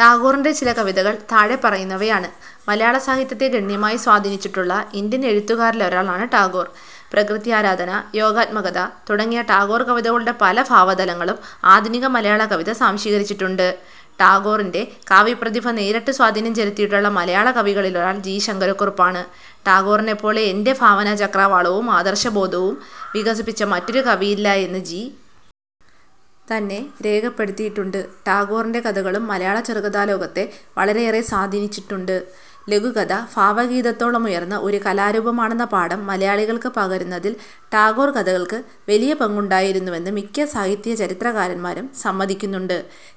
ടാഗോറിൻ്റെ ചില കവിതകൾ താഴെ പറയുന്നവയാണ്. മലയാള സാഹിത്യത്തെ ഗണ്യമായി സ്വാധീനിച്ചിട്ടുള്ള ഇന്ത്യൻ എഴുത്തുകാരിലൊരാളാണ് ടാഗോർ. പ്രകൃത്യാരാധന, യോഗാത്മകത തുടങ്ങിയ ടാഗോർ കവിതകളുടെ പല ഭാവതലങ്ങളും ആധുനിക മലയാള കവിത സ്വാംശീകരിച്ചിട്ടുണ്ട്. ടാഗോറിൻ്റെ കാവ്യപ്രതിഭ നേരിട്ട് സ്വാധീനം ചെലുത്തിയിട്ടുള്ള മലയാള കവികളിലൊരാൾ ജി. ശങ്കരക്കുറുപ്പാണ്. ടാഗോറിനെപ്പോലെ എൻ്റെ ഭാവനാചക്രവാളവും ആദർശബോധവും വികസിപ്പിച്ച മറ്റൊരു കവിയില്ല എന്ന് ജി. തന്നെ രേഖപ്പെടുത്തിയിട്ടുണ്ട്. ടാഗോറിൻ്റെ കഥകളും മലയാള ചെറുകഥാലോകത്തെ വളരെയേറെ സ്വാധീനിച്ചിട്ടുണ്ട്. ലഘുകഥ ഭാവഗീതത്തോളമുയർന്ന ഒരു കലാരൂപമാണെന്ന പാഠം മലയാളികൾക്ക് പകരുന്നതിൽ ടാഗോർ കഥകൾക്ക് വലിയ പങ്കുണ്ടായിരുന്നുവെന്ന് മിക്ക സാഹിത്യചരിത്രകാരന്മാരും സമ്മതിക്കുന്നുണ്ട്.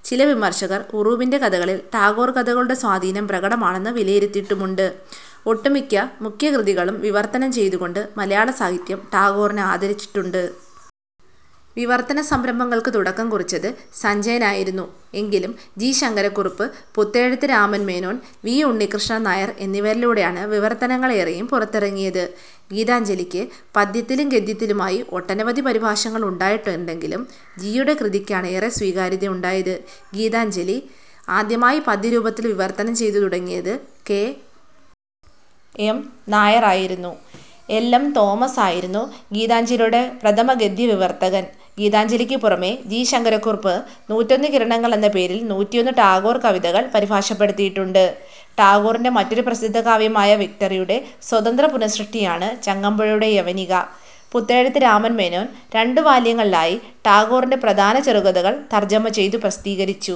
ചില വിമർശകർ ഉറൂബിൻ്റെ കഥകളിൽ ടാഗോർ കഥകളുടെ സ്വാധീനം പ്രകടമാണെന്ന് വിലയിരുത്തിയിട്ടുമുണ്ട്. ഒട്ടുമിക്ക മുഖ്യകൃതികളും വിവർത്തനം ചെയ്തുകൊണ്ട് മലയാള സാഹിത്യം ടാഗോറിനെ ആദരിച്ചിട്ടുണ്ട്. വിവർത്തന സംരംഭങ്ങൾക്ക് തുടക്കം കുറിച്ചത് സഞ്ജയൻ ആയിരുന്നു. എങ്കിലും ജി. ശങ്കരക്കുറുപ്പ്, പുത്തേഴത്ത് രാമൻ മേനോൻ, വി. ഉണ്ണിക്കൃഷ്ണൻ നായർ എന്നിവരിലൂടെയാണ് വിവർത്തനങ്ങൾ ഏറെയും പുറത്തിറങ്ങിയത്. ഗീതാഞ്ജലിക്ക് പദ്യത്തിലും ഗദ്യത്തിലുമായി ഒട്ടനവധി പരിഭാഷകൾ ഉണ്ടായിട്ടുണ്ടെങ്കിലും ജി. യുടെ കൃതിക്കാണ് ഏറെ സ്വീകാര്യത ഉണ്ടായത്. ഗീതാഞ്ജലി ആദ്യമായി പദ്യരൂപത്തിൽ വിവർത്തനം ചെയ്തു തുടങ്ങിയത് കെ. എം. നായർ ആയിരുന്നു. എൽ. എം. തോമസ് ആയിരുന്നു ഗീതാഞ്ജലിയുടെ പ്രഥമ ഗദ്യവിവർത്തകൻ. ഗീതാഞ്ജലിക്ക് പുറമേ ജി. ശങ്കരക്കുറുപ്പ് നൂറ്റൊന്നു കിരണങ്ങൾ എന്ന പേരിൽ നൂറ്റിയൊന്ന് ടാഗോർ കവിതകൾ പരിഭാഷപ്പെടുത്തിയിട്ടുണ്ട്. ടാഗോറിൻ്റെ മറ്റൊരു പ്രസിദ്ധ കാവ്യമായ വിക്ടറിയുടെ സ്വതന്ത്ര പുനഃസൃഷ്ടിയാണ് ചങ്ങമ്പുഴയുടെ യവനിക. പുത്തേഴത്ത് രാമൻ മേനോൻ രണ്ടു വാല്യങ്ങളിലായി ടാഗോറിൻ്റെ പ്രധാന ചെറുകഥകൾ തർജ്ജമ ചെയ്തു പ്രസിദ്ധീകരിച്ചു.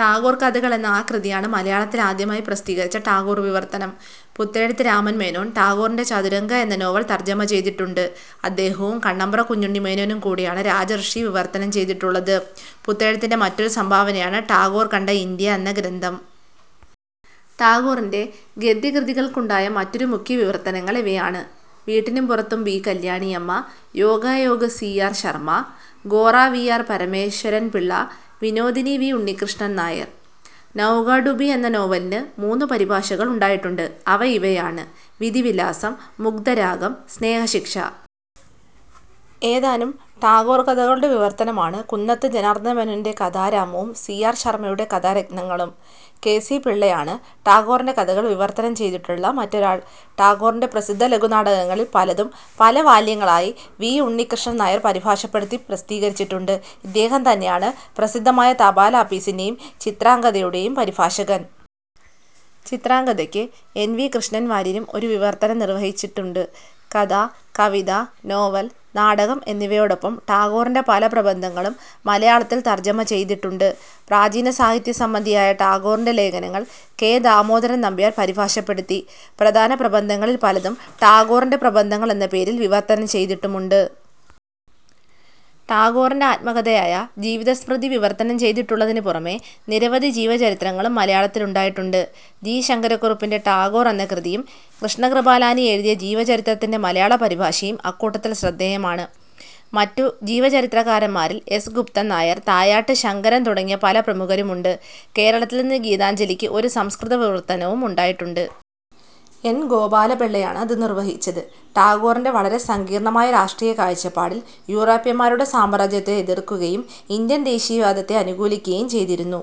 ടാഗോർ കഥകൾ എന്ന ആ കൃതിയാണ് മലയാളത്തിൽ ആദ്യമായി പ്രസിദ്ധീകരിച്ച ടാഗോർ വിവർത്തനം. പുത്തേഴത്ത് രാമൻ മേനോൻ ടാഗോറിൻ്റെ ചതുരംഗ എന്ന നോവൽ തർജ്ജമ ചെയ്തിട്ടുണ്ട്. അദ്ദേഹവും കണ്ണമ്പ്ര കുഞ്ഞുണ്ണിമേനോനും കൂടെയാണ് രാജർഷി വിവർത്തനം ചെയ്തിട്ടുള്ളത്. പുത്തേഴത്തിൻ്റെ മറ്റൊരു സംഭാവനയാണ് ടാഗോർ കണ്ട ഇന്ത്യ എന്ന ഗ്രന്ഥം. ടാഗോറിൻ്റെ ഗദ്യകൃതികൾക്കുണ്ടായ മറ്റു മുഖ്യവിവർത്തനങ്ങൾ ഇവയാണ്, വീട്ടിലും പുറത്തും B. Kalyaniamma, Yogayog C. R. Sharma, Gora V. R. Parameswaran Pillai, Vinodini V. Unnikrishnan Nair. Nauka Dubi എന്ന നോവലിന് മൂന്നു പരിഭാഷകൾ ഉണ്ടായിട്ടുണ്ട്. അവ ഇവയാണ് വിധി വിലാസം, മുഗ്ദ്ധരാഗം, സ്നേഹശിക്ഷ. ഏതാനും ടാഗോർ കഥകളുടെ വിവർത്തനമാണ് കുന്നത്ത് ജനാർദനമേനോൻ്റെ കഥാരാമവും സി. ആർ. ശർമയുടെ കഥാരത്നങ്ങളും. കെ. സി. പിള്ളയാണ് ടാഗോറിൻ്റെ കഥകൾ വിവർത്തനം ചെയ്തിട്ടുള്ള മറ്റൊരാൾ. ടാഗോറിൻ്റെ പ്രസിദ്ധ ലഘുനാടകങ്ങളിൽ പലതും പല വാല്യങ്ങളായി വി. ഉണ്ണിക്കൃഷ്ണൻ നായർ പരിഭാഷപ്പെടുത്തി പ്രസിദ്ധീകരിച്ചിട്ടുണ്ട്. ഇദ്ദേഹം തന്നെയാണ് പ്രസിദ്ധമായ തപാലാപ്പീസിൻ്റെയും ചിത്രാംഗദയുടെയും പരിഭാഷകൻ. ചിത്രാംഗദയ്ക്ക് എൻ. വി. കൃഷ്ണവാര്യരും ഒരു വിവർത്തനം നിർവഹിച്ചിട്ടുണ്ട്. കഥ, കവിത, നോവൽ, നാടകം എന്നിവയോടൊപ്പം ടാഗോറിൻ്റെ പല പ്രബന്ധങ്ങളും മലയാളത്തിൽ തർജ്ജമ ചെയ്തിട്ടുണ്ട്. പ്രാചീന സാഹിത്യസംബന്ധിയായ ടാഗോറിൻ്റെ ലേഖനങ്ങൾ കെ. ദാമോദരൻ നമ്പ്യാർ പരിഭാഷപ്പെടുത്തി. പ്രധാന പ്രബന്ധങ്ങളിൽ പലതും ടാഗോറിൻ്റെ പ്രബന്ധങ്ങൾ എന്ന പേരിൽ വിവർത്തനം ചെയ്തിട്ടുമുണ്ട്. ടാഗോറിൻ്റെ ആത്മകഥയായ ജീവിതസ്മൃതി വിവർത്തനം ചെയ്തിട്ടുള്ളതിന് പുറമേ നിരവധി ജീവചരിത്രങ്ങളും മലയാളത്തിലുണ്ടായിട്ടുണ്ട്. ജി. ശങ്കരക്കുറുപ്പിൻ്റെ ടാഗോർ എന്ന കൃതിയും കൃഷ്ണ കൃപാലാനി എഴുതിയ ജീവചരിത്രത്തിൻ്റെ മലയാള പരിഭാഷയും അക്കൂട്ടത്തിൽ ശ്രദ്ധേയമാണ്. മറ്റു ജീവചരിത്രകാരന്മാരിൽ എസ്. ഗുപ്തൻ നായർ, തായാട്ട് ശങ്കരൻ തുടങ്ങി പല പ്രമുഖരുമുണ്ട്. കേരളത്തിൽ നിന്ന് ഗീതാഞ്ജലിക്ക് ഒരു സംസ്കൃത വിവർത്തനവും ഉണ്ടായിട്ടുണ്ട്. എൻ. ഗോപാലപിള്ളയാണ് അത് നിർവഹിച്ചത്. ടാഗോറിൻ്റെ വളരെ സങ്കീർണ്ണമായ രാഷ്ട്രീയ കാഴ്ചപ്പാടിൽ യൂറോപ്യന്മാരുടെ സാമ്രാജ്യത്വത്തെ എതിർക്കുകയും ഇന്ത്യൻ ദേശീയവാദത്തെ അനുകൂലിക്കുകയും ചെയ്തിരുന്നു.